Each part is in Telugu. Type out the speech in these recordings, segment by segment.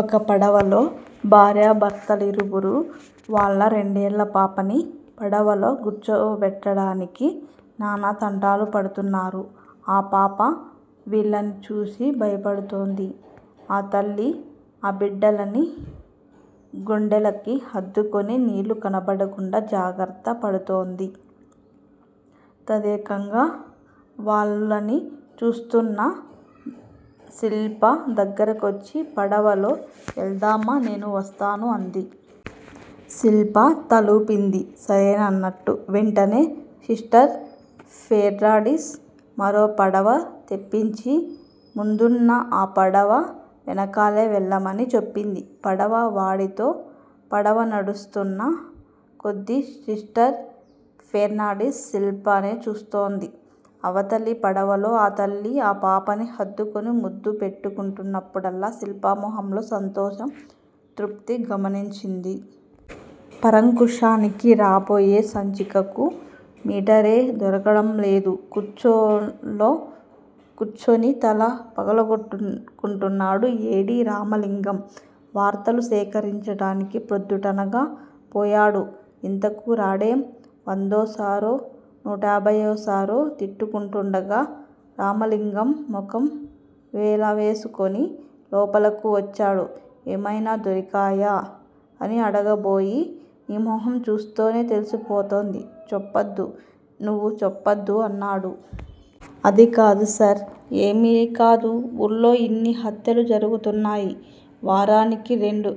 ఒక పడవలో భార్యాభర్తలిరువురూ, వాళ్ళ రెండేళ్ళపాపని పడవలో కూర్చోబెట్టడానికి, నానా తంటాలు పడుతున్నారు. ఆ పాప వీళ్ళని చూసి భయపడుతోంది. ఆ తల్లి ఆ బిడ్డని గుండెలకి హత్తుకుని నీళ్ళు కనబడకుండా జాగ్రత్త పడుతోంది. తదేకంగా వాళ్ళని చూస్తున్న శిల్ప దగ్గరకొచ్చి, 'పడవలో వెళదామా నేనూ వస్తాను' అంది. శిల్ప తలూపింది సరేనన్నట్టు. వెంటనే సిస్టర్ ఫెర్నాండిస్ మరో పడవ తెప్పించి ముందున్న ఆ పడవ వెనకాలే వెళ్ళమని చెప్పింది పడవ వాడితో. పడవ నడుస్తున్న కొద్దీ సిస్టర్ ఫెర్నాండిస్ శిల్పనే చూస్తోంది. అవతలి పడవలో ఆ తల్లి ఆ పాపని హత్తుకుని ముద్దు పెట్టుకున్నప్పుడల్లా, శిల్ప మొహంలో సంతోషం, తృప్తి గమనించింది. పరాంకుశానికి రాబోయే సంచికకు మేటరే దొరకడంలేదు. కుర్చీలో కూర్చుని తల పగలకొట్టుకుంటున్నాడు. 'ఏడీ రామలింగం! వార్తలు సేకరించటానికి ప్రొద్దుటనగా పోయాడు. ఎంతకూ రాడేం? ' వందోసారో, నూటయాభయ్యోసారో తిట్టుకుంటుండగా రామలింగం ముఖం వేలవ్రేసుకుని లోపలకు వచ్చాడు. ఏమయినా దొరికాయా? అని అడగబోయి నీ మొహంచూస్తేనే తెలిసిపోతుంది చెప్పొద్దు, నువ్వు చెప్పొద్దు అన్నాడు. అదికాదు సర్ ఏదికాదు? ఊళ్ళో ఇన్ని హత్యలు జరుగుతున్నాయి, వారానికి రెండు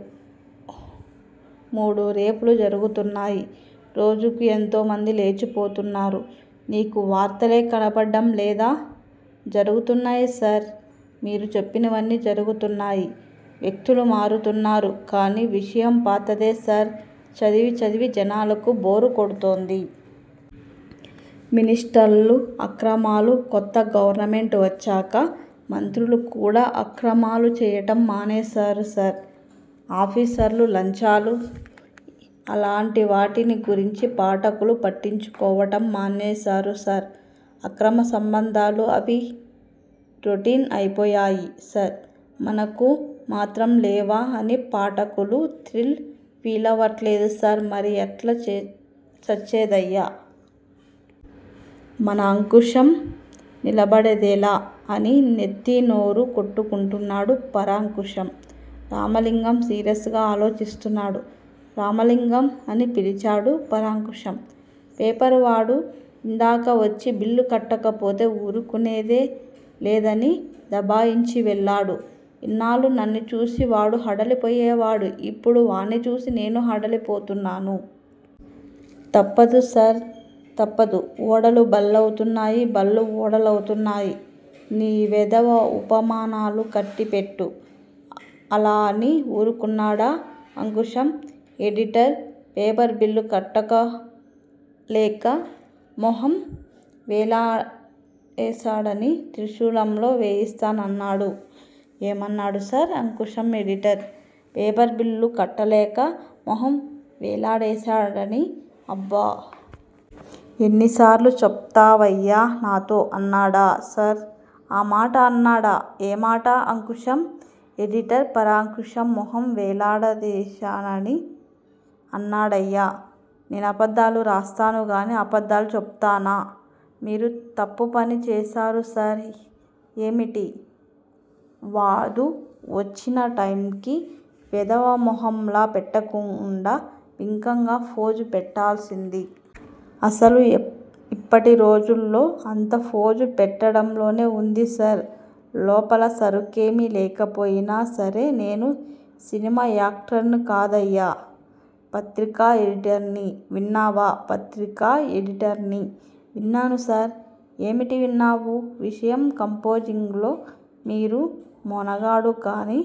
మూడు రేప్ లు జరుగుతున్నాయి! రోజుకు యెంతోమంది లేచిపోతున్నారు, నీకు వార్తలే కనబడ్డం లేదా? జరుగుతున్నాయి సార్! మీరు చెప్పినవన్నీ జరుగుతున్నాయి. వ్యక్తులు మారుతున్నారు కాని, విషయం పాతదే సార్! చదివీ చదివి జనానికి బోర్ కొడుతుంది. మినిష్టర్ల అక్రమాలు కొత్త గవర్నమెంటు వచ్చాక మంత్రులుకూడా అక్రమాలు చెయ్యటం మానేశారు సర్! ఆఫీసర్ల లంచాలు? అలాంటివాటిని గురించి పాఠకులు పట్టించుకోవటం మానేశారు సార్! అక్రమ సంబంధాలు? అవి రొటీన్ అయిపోయాయి సార్! మనకు మాత్రం లేవా అని పాఠకులు థ్రిల్ ఫీలవటల్లేదు సార్ మరి ఎట్లా చచ్చేదయ్యా? మన అంకుశం నిలబడేదెలా? అని నెత్తీ నోరు కొట్టుకున్నాడు పరాంకుశం. రామలింగం సీరియస్ గా ఆలోచిస్తున్నాడు. రామలింగం అని పిలిచాడు పరాంకుశం. పేపరువాడు యిందాక వచ్చి బిల్లు కట్టకపోతే ఊరుకునేది లేదని దబాయించి వెళ్ళాడు. ఇన్నాళ్ళూ నన్ను చూసి వాదు హడలిపోయేవాడు. ఇప్పుడు వాడ్నిచూసి నేను హడలిపోతున్నాను. తప్పదు సార్! తప్పదు. ఓడలు బళ్ళవుతాయి, బళ్ళు ఓడలవుతాయి. నీ వెధవ ఉపమానాలు కట్టిపెట్టు. అలా అని వూరుకున్నాడా? అంకుశం ఎడిటర్ పేపర్ బిల్లు కట్టలేక మొహం వేలాడేశాడని త్రిశూలంలో వేయిస్తా నన్నాడు. ఏమన్నాడు సార్? అంకుశం ఎడిటర్, పేపరుబిల్లు కట్టలేక మొహం వేలాడేశాడని అబ్బ! ఎన్నిసార్లు చెప్పిస్తావయ్యా నాతో? అన్నాడా సార్? ఆ మాట అన్నాడా? ఏ మాట? అంకుశం ఎడిటర్ పరాంకుశం మొహం వేలాడేశాడని. అన్నాడయ్యా! నేనబద్దాలు రాస్తానుగానీ, అబద్దాలు చెబుతానా? మీరు తప్పుపని చేశారు సార్ ఏమిటి? వాదు వచ్చిన టైంకి వెధవమొహంలా పెట్టకుండా బింకంగా ఫోజు పెట్టాల్సింది. అసలు యిప్పటిరోజుల్లో అంతా ఫోజు పెట్టటంలోనే వుంది సార్! లోపల సరుకేమీ లేకపోయినా సరే నేను సినిమా యాక్టర్ని కాదయ్యా! పత్రికా ఎడిటర్ని విన్నావా? పత్రికా ఎడిటర్ని. విన్నాను సార్! ఏమిటి విన్నావు? విషయం కంపోజింగ్ లో మీరు మొనగాడు కాని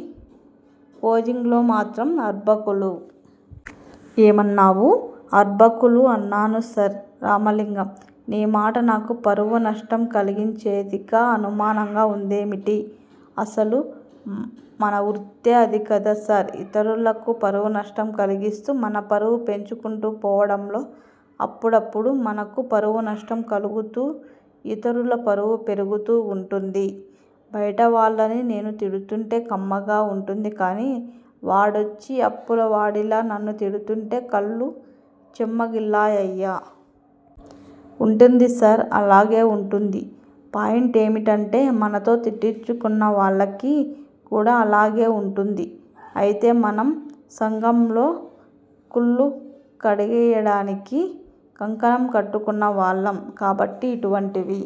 పోజింగులో మాత్రం అర్భకులు. ఏమన్నావు? అర్భకులు అన్నాను సార్. రామలింగం! నీమాట నాకు పరువునష్టం కలిగించేదిగా అనుమానంగా వుందేమిటి? అసలు మనవృత్తే అదికదా సార్! ఇతరులకు పరువు నష్టం కలిగిస్తూ మన పరువు పెంచుకుంటూ పోవటంలో, అప్పుడప్పుడు మనకు పరువునష్టం కలుగుతూ యితరుల పరువు పెరుగుతూ వుంటుంది. బయటివాళ్ళని నేను తిడుతుంటే కమ్మగా వుంటుందిగానీ, వాడొచ్చి అప్పులవాడిలా నన్ను తిడుతుంటే కళ్ళు చెమ్మగిల్లాయయ్యా. ఉంటుంది సార్! అలాగే వుంటుంది. పాయింటేమిటంటే మనతో తిట్టించుకున్నవాళ్ళకి కూడా అలాగే వుంటుంది. అయితే మనం సంఘంలో కుళ్ళు కడిగెయ్యటానికి కంకణం కట్టుకున్నవాళ్ళం కాబట్టి యిటువంటివి